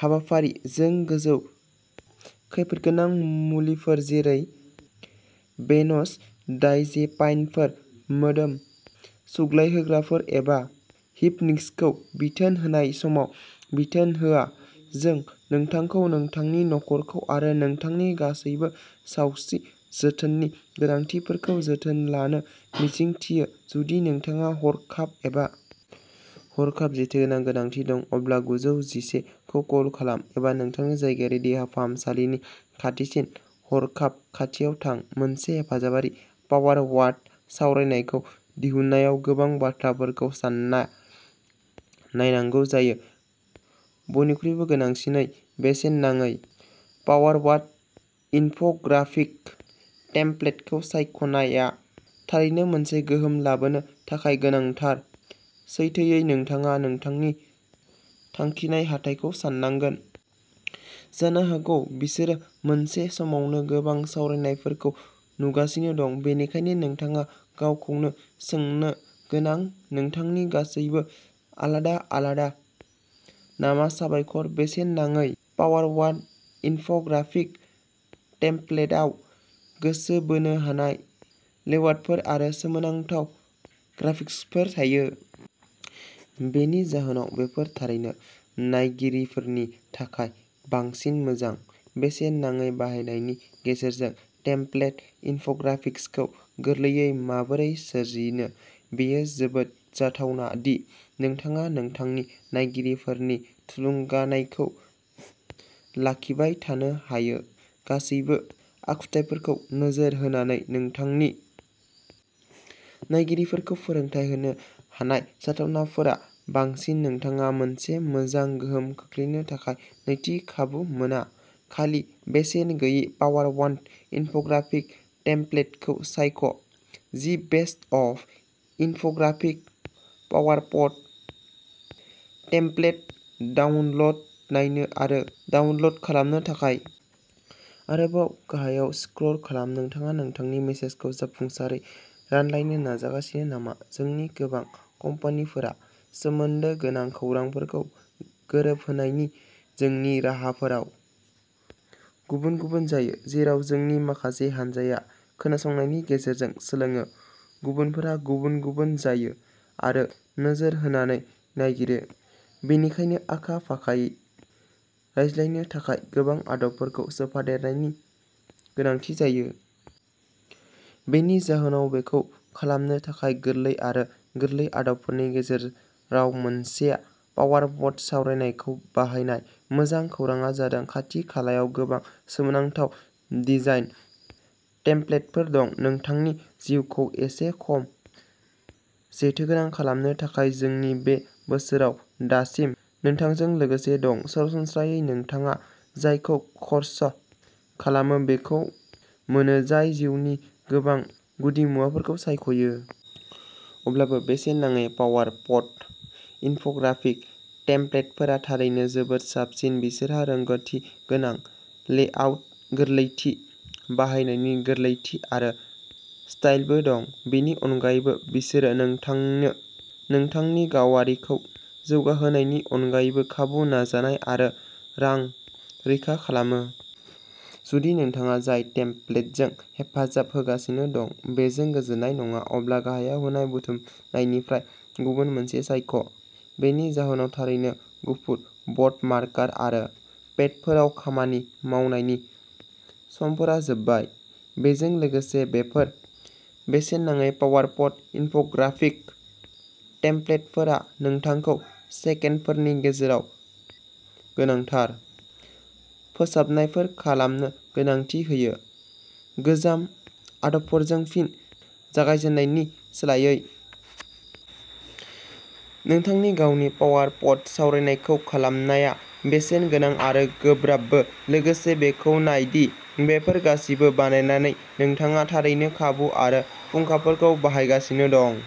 हाबाफारि जों गोजौ खैफोदगोनां मुलिफोर जेरै बेनज'डायजेपाइनफोर मोदोम सुग्लायहोग्राफोर एबा हिप'निक्सखौ बिथोन होनाय समाव बिथोन होआ जों नोंथांखौ नोंथांनि नखरखौ आरो नोंथांनि गासिबो सावस्रि जोथोननि गोनांथिफोरखौ जोथोन लानो मिजिंथियो। जुदि नोंथांनो हरखाब एबा हरखाब जोथोननि गोनांथि दं अब्ला गुजौ जिसे खौ कल खालाम एबा नोंथांनि जायगायारि देहा फाहामसालिनि खाथिसिन हरखाब खथायाव थां मोनसे हेफाजाबारि पावारवाट सावरायनायखौ दिहुननायाव गोबां बाथ्राफोरखौ सानना नायनांगौ जायो बयनिख्रुइबो गोनांथारसिनै बेसेन नाङै पावारवाट इनफ'ग्राफिक टेमप्लेटखौ सायख'नाया थारैनो मोनसे गोहोम लाबोनो थाखाय गोनांथार सैथोयै नोंथाङा नोंथांनि थांखिनाय हाथाइखौ साननांगोन। जानो हागौ बिसोरो मोनसे समावनो गोबां सावरायनायफोरखौ नुगासिनो दं बेनिखायनो नोंथाङा गावखौनो सोंनो गोनां नोंथांनि गासैबो आलादा आलादा नामा साबायखर बेसेन नाङै पावारवाट इनफ'ग्राफिक टेमप्लेटआव गोसो बोनो हानाय लेआउटफोर आरो सोमोनांथाव ग्राफिक्सफोर थायो। बेनि जाहोनाव बेफोर थारैनो नायगिरिफोरनि थाखाय बांसिन मोजां। बेसेन नाङै बाहायनायनि गेजेरजों टेमप्लेट इनफ'ग्राफिक्सखौ गोरलैयै माबोरै सोरजिनो बेयो जोबोद जाथावना दि नोंथाङा नोंथांनि नायगिरिफोरनि थुलुंगानायखौ लाखिबाय थानो हायो गासिबो आखुथाइफोरखौ नोजोर होनानै नोंथांनि नायगिरिफोरखौ फोरोंथाय होनो हानाय जाथावनाफोरा बांसिन नोंथाङा मोनसे मोजां गोहोम खोख्लैनो थाखाय नैथि खाबु मोना खालि बेसेन गैयै पावारवान्ट इनफ'ग्राफिक टेमप्लेटखौ सायख' the best of infographic PowerPoint template download नायनो आरो डाउनल'ड खालामनो थाखाय आरोबाव गाहायाव स्क्रोल खालाम नोंथाङा नोंथांनि मेसेजखौ जाफुंसारै रानलायनो नाजागासिनो नामा जोंनि गोबां कम्पानिफोरा सोमोन्दो गोनां खौरांफोरखौ गोरोबहोनायनि जोंनि राहाफोराव गुबुन गुबुन जायो जेराव जोंनि माखासे हान्जाया खोनानायनि गेजेरजों सोलोङो गुबुनफोरा गुबुन गुबुन जायो आरो नोजोर होनानै नागिरो बेनिखायनो आखा फाखायै रायज्लायनो थाखाय गोबां आदबफोरखौ सोफादेरनायनि गोनांथि जायो। बेनि जाहोनाव बेखौ खालामनो थाखाय गोरलै आरो गोरलै आदबफोरनि गेजेराव मोनसेआ पावारप'ट सावरायनायखौ बाहायनाय। मोजां खौरांआ जादों खाथि-खालायाव गोबां सोमोनांथाव डिजाइन टेमप्लेटफोर दं। नोंथांनि जिउखौ एसे खम जेथोगोनां खालामनो थाखाय जोंनि बे बोसोराव दासिम नोंथांजों लोगोसे दं सरासनस्रायै नोंथाङा जायखौ खर्सा खालामो बेखौ मोनो जाय जिउनि गोबां गुदिमुवाफोरखौ सायख'यो। अब्लाबो बेसेन नाङै पावारप'ट इनफ'ग्राफिक टेमप्लेटफोरा थारैनो जोबोद साबसिन बिसोरहा रोंगोथि गोनां लेआउट गोरलैथि बाहायनायनि गोरलैथि आरो स्टाइलबो दं। बेनि अनगायैबो बिसोरो नोंथांनो नोंथांनि गावारिखौ जौगाहोनायनि अनगायै खाबु नाजानाय आरो रां रैखा खालामो। जुदि नोंथाङा जाय टेमप्लेटजों हेफाजाब होगासिनो दं बेजों गोजोन नङा अब्ला गाहायाव होनाय बुथुमनायनिफ्राय गुबुन मोनसे सायख'। बेनि जाहोनाव थारैनो गुफुर ब'र्ड मार्कार आरो पेडफोराव खामानि मावनायनि समफोरा जोबबाय। बेजों लोगोसे बेफोर बेसेन नाङै पावारप'ट इनफ'ग्राफिक टेमप्लेटफोरा नोंथांखौ सेकेन्डफोरनि गेजेराव गोनांथार फोसाबनायफोर खालामनो गोनांथि होयो गोजाम आदबफोरजों फिन जागायजेन्नायनि सोलायै। नोंथांनि गावनि पावारप'न्ट सावरायनायखौ खालामनाया बेसेन गोनां आरो गोब्राबबो। लोगोसे बेखौ नाय दि बैफोर गासिबो बानायनानै नोंथाङा थारैनो खाबु आरो फुंखाफोरखौ बाहायगासिनो दं।